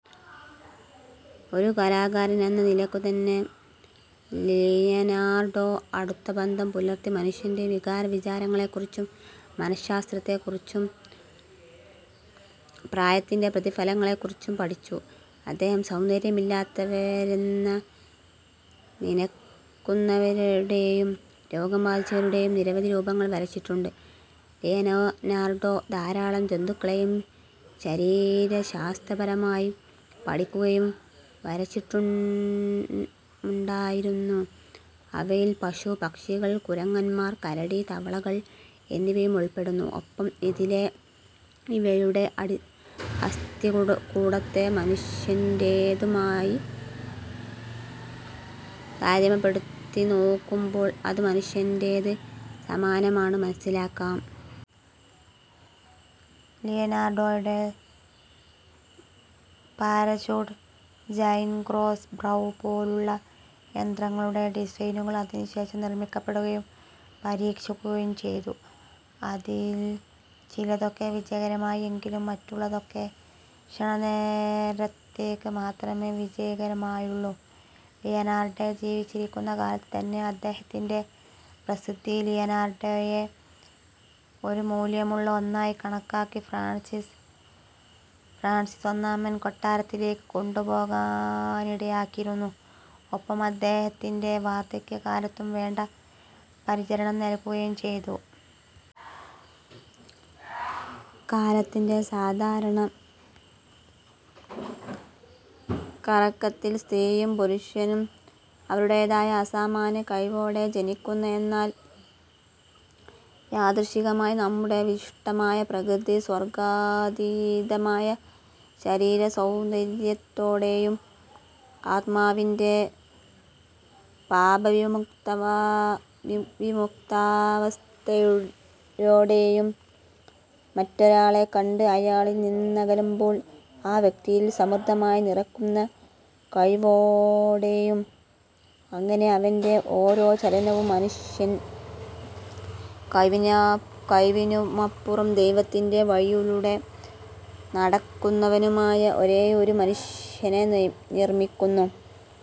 ഒരു കലാകാരൻ എന്ന നിലക്കു തന്നെ, ലിയനാർഡോ അടുത്തബന്ധം പുലർത്തി, മനുഷ്യന്റെ വികാരവിചാരങ്ങളെകുറിച്ചും, മനഃശാസ്ത്രത്തെകുറിച്ചും, പ്രായത്തിന്റെ പ്രതിഫലങ്ങളെകുറിച്ചും പഠിച്ചു. അദ്ദേഹം സൗന്ദര്യമില്ലാത്തവരെന്ന നിനക്കുന്നവരുടേയും, രോഗം ബാധിച്ചവരുടേയും നിരവധി രൂപങ്ങൾ വരച്ചിട്ടുണ്ട്. ലിയനാർഡോ ധാരാളം ജന്തുക്കളേയുംശരീരശാസ്ത്രപരമായി പഠിക്കുകയും, വരച്ചിട്ടുമുണ്ടായിരുന്നു, അവയിൽ പശു, പക്ഷികൾ, കുരങ്ങന്മാർ, കരടി, തവളകൾ എന്നിവയും ഉൾപ്പെടുന്നു, ഒപ്പം ഇതിലെ ഇവയുടെ അസ്ഥികൂടത്തെ മനുഷ്യന്റേതുമായി താരതമ്യപ്പെടുത്തിനോക്കുമ്പോൾ അത് മനുഷ്യന്റേത് സമാനമാണ് മനസ്സിലാക്കാം. ലിയനാർഡോയുടെ പാരച്യൂട്ട്, ജൈന്റ് ക്രോസ്സ് ബൗ പോലുള്ള യന്ത്രങ്ങളുടെ ഡിസൈനുകൾ അതിനുശേഷം നിർമ്മിക്കപ്പെടുകയും, പരീക്ഷിക്കുകയും ചെയ്തു. അതിൽ ചിലതൊക്കെ വിജയകരമായി, എങ്കിലും മറ്റുള്ളതൊക്കെ ക്ഷണനേരത്തേക്ക് മാത്രമേ വിജയകരമായുള്ളൂ. ലിയനാർഡോ ജീവിച്ചിരിക്കുന്ന കാലത്ത് തന്നെ അദ്ദേഹത്തിന്റെ പ്രസിദ്ധി, ലിയനാർഡോയെ ഒരു മൂല്ല്യമുള്ള ഒന്നായി കണക്കാക്കി ഫ്രാൻസിസ് ഒന്നാമൻ കൊട്ടാരത്തിലേക്ക് കൊണ്ടുപോകാനിടയാക്കിയിരുന്നു, ഒപ്പം അദ്ദേഹത്തിന്റെ വാർദ്ധക്യകാലത്തും വേണ്ട പരിചരണം നൽകുകയും ചെയ്തു. കാലത്തിന്റെ സാധാരണ കറക്കത്തിൽ സ്ത്രീയും, പുരുഷനും, അവരുടേതായ അസാമാന്യ കഴിവോടെ ജനിക്കുന്ന, എന്നാൽ യാദൃച്ഛികമായി നമ്മുടെ വിശിഷ്ടമായ പ്രകൃതി, സ്വർഗ്ഗാതീതമായ ശരീരസൗന്തര്യത്തോടേയും, ആത്മാവിന്റെ പാപവിമുക്താവസ്ഥയോടേയും, മറ്റൊരാളെ കണ്ട് അയാളിൽ നിന്നകലുമ്പോൾ ആ വ്യക്തിയിൽ സമൃദ്ധിയെ നിറക്കുന്ന കഴിവോടേയും, അങ്ങനെ അവന്റെ ഓരോ ചലനവും, മനുഷ്യ കഴിവിനുമപ്പുറം ദൈവത്തിന്റെ വഴിയിലൂടെ നടക്കുന്നവനുമായ ഒരേയൊരു മനുഷ്യനെ നിർമ്മിക്കുന്നു.